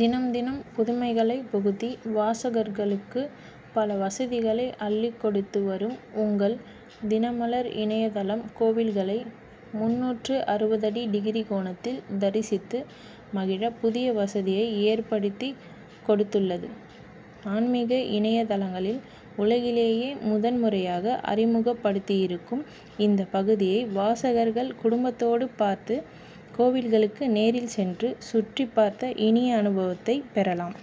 தினம் தினம் புதுமைகளை புகுத்தி வாசகர்களுக்கு பல வசதிகளை அள்ளிக் கொடுத்து வரும் உங்கள் தினமலர் இணைய தளம் கோயில்களை முன்னூற்று அறுபது டிகிரி கோணத்தில் தரிசித்து மகிழ புதிய வசதியை ஏற்படுத்திக் கொடுத்துள்ளது. ஆன்மிக இணைய தளங்களில் உலகிலேயே முதன் முறையாக அறிமுகப்படுத்தியிருக்கும் இந்த பகுதியை வாசகர்கள் குடும்பத்தோடு பார்த்து கோயில்களுக்கு நேரில் சென்று சுற்றிப்பார்த்த இனிய அனுபவத்தை பெறலாம்.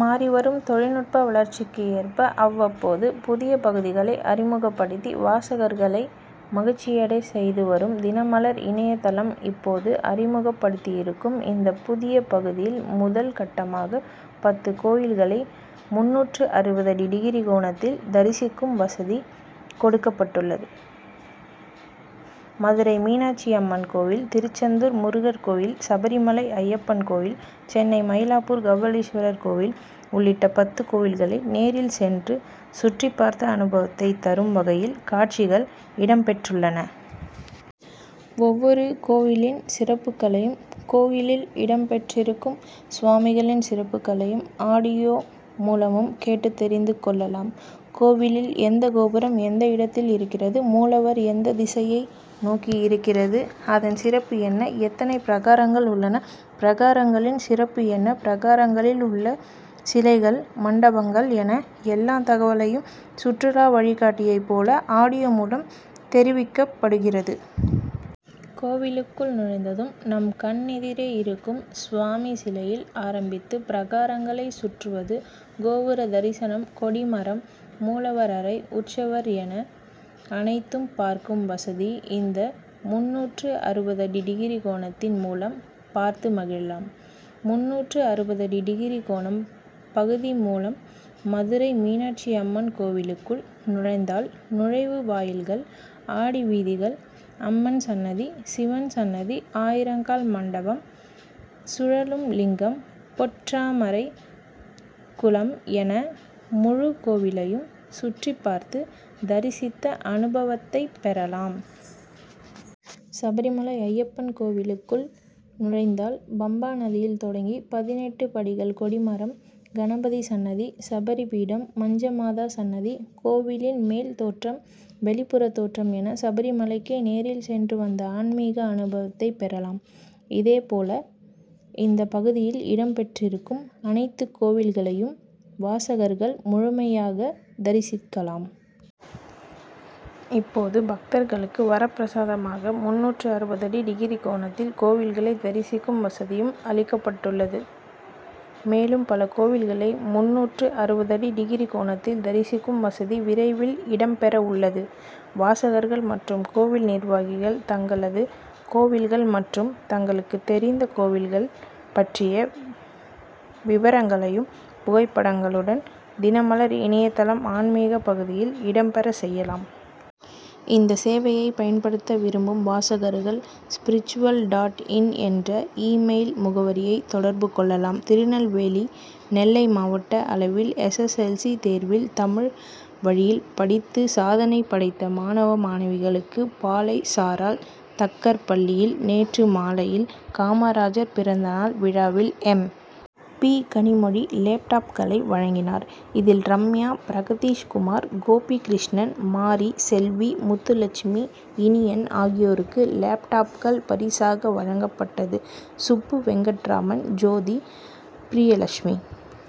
மாறிவரும் தொழில்நுட்ப வளர்ச்சிக்கு ஏற்ப அவ்வப்போது புதிய பகுதிகளை அறிமுகப்படுத்தி வாசகர்களை மகிழ்ச்சியடையச் செய்து வரும் தினமலர் இணைய தளம் இப்போது அறிமுகப்படுத்தியிருக்கும் இந்த புதிய பகுதியில் முதல் கட்டமாக பத்து கோயில்களை முன்னூற்று அறுபது டிகிரி கோணத்தில் தரிசிக்கும் வசதி கொடுக்கப்பட்டுள்ளது. மதுரை மீனாட்சி அம்மன் கோயில் திருச்செந்தூர் முருகன் கோயில் சபரிமலை ஐயப்பன் கோயில் சென்னை மயிலாப்பூர் கபாலீஸ்வரர் கோயில் உள்ளிட்ட பத்து கோயில்களை நேரில் சென்று சுற்றிப்பார்த்த அனுபவத்தை தரும் வகையில் காட்சிகள் இடம்பெற்றுள்ளன. ஒவ்வொரு கோயிலின் சிறப்புகளையும் கோயிலில் இடம்பெற்றிருக்கும் சுவாமிகளின் சிறப்புகளையும் ஆடியோ மூலமும் கேட்டுத் தெரிந்து கொள்ளலாம். கோயிலில் எந்த கோபுரம் எந்த இடத்தில் இருக்கிறது மூலவர் எந்த திசையை நோக்கி இருக்கிறது அதன் சிறப்பு என்ன எத்தனை பிரகாரங்கள் உள்ளன பிரகாரங்களின் சிறப்பு என்ன பிரகாரங்களில் உள்ள சிலைகள் மண்டபங்கள் என எல்லா தகவல்களையும் சுற்றுலா வழிகாட்டியைப் போல ஆடியோ மூலம் தெரிவிக்கப்படுகிறது. கோயிலுக்குள் நுழைந்ததும் நம் கண் எதிரே இருக்கும் சுவாமி சிலையில் ஆரம்பித்து பிரகாரங்களை சுற்றுவது கோபுர தரிசனம் கொடிமரம் மூலவர் அறை உற்சவர் என அனைத்தையும் பார்க்கும் வசதி இந்த முன்னூற்று அறுபது டிகிரி கோணத்தின் மூலம் பார்த்து மகிழலாம். முன்னூற்று அறுபது டிகிரி கோணம் பகுதி மூலம் மதுரை மீனாட்சி அம்மன் கோயிலுக்குள் நுழைந்தால் நுழைவு வாயில்கள் ஆடி வீதிகள் அம்மன் சன்னதி சிவன் சன்னதி ஆயிரங்கால் மண்டபம் சுழலும் லிங்கம் பொற்றாமரை குளம் என முழு கோயிலையும் சுற்றிப்பார்த்து தரிசித்த அனுபவத்தைப் பெறலாம். சபரிமலை ஐயப்பன் கோயிலுக்குள் நுழைந்தால் பம்பா நதியில் தொடங்கி பதினெட்டு படிகள் கொடிமரம் கணபதி சன்னதி சபரி பீடம் மஞ்சமாதா சன்னதி கோயிலின் மேல் தோற்றம் வெளிப்புற தோற்றம் என சபரிமலைக்கே நேரில் சென்று வந்த ஆன்மிக அனுபவத்தை பெறலாம். இதேபோல இந்த பகுதியில் இடம்பெற்றிருக்கும் அனைத்து கோயில்களையும் வாசகர்கள் முழுமையாக தரிசிக்கலாம். இப்போது பக்தர்களுக்கு வரப்பிரசாதமாக முன்னூற்று அறுபது டிகிரி கோணத்தில் கோயில்களை தரிசிக்கும் வசதியும் அளிக்கப்பட்டுள்ளது. மேலும் பல கோயில்களை முன்னூற்று அறுபது டிகிரி கோணத்தில் தரிசிக்கும் வசதி விரைவில் இடம்பெறவுள்ளது. வாசகர்கள் மற்றும் கோயில் நிர்வாகிகள் தங்களது கோயில்கள் மற்றும் தங்களுக்கு தெரிந்த கோயில்கள் பற்றிய விவரங்களையும் புகைப்படங்களுடன் தினமலர்இணைய தளம் ஆன்மிக பகுதியில் இடம்பெறச் செய்யலாம். இந்த சேவையை பயன்படுத்த விரும்பும் வாசகர்கள் ஸ்பிரிச்சுவல் டாட் இன் என்ற இ மெயில் முகவரியை தொடர்பு கொள்ளலாம். திருநெல்வேலி நெல்லை மாவட்ட அளவில் எஸ். எஸ். எல். சி தேர்வில் தமிழ் வழியில் படித்து சாதனை படைத்த மாணவ மாணவிகளுக்கு பாளை சாராள் தக்கர் பள்ளியில் நேற்று மாலையில் காமராஜர் பிறந்த நாள் விழாவில் எம். பி கனிமொழி லேப்டாப்களை வழங்கினார். இதில் ரம்யா பிரதீஷ்குமார் கோபி கிருஷ்ணன் மாரி செல்வி முத்துலட்சுமி இனியன் ஆகியோருக்கு லேப்டாப்கள் பரிசாக வழங்கப்பட்டது. சுப்பு வெங்கட்ராமன் ஜோதி பிரியலட்சுமி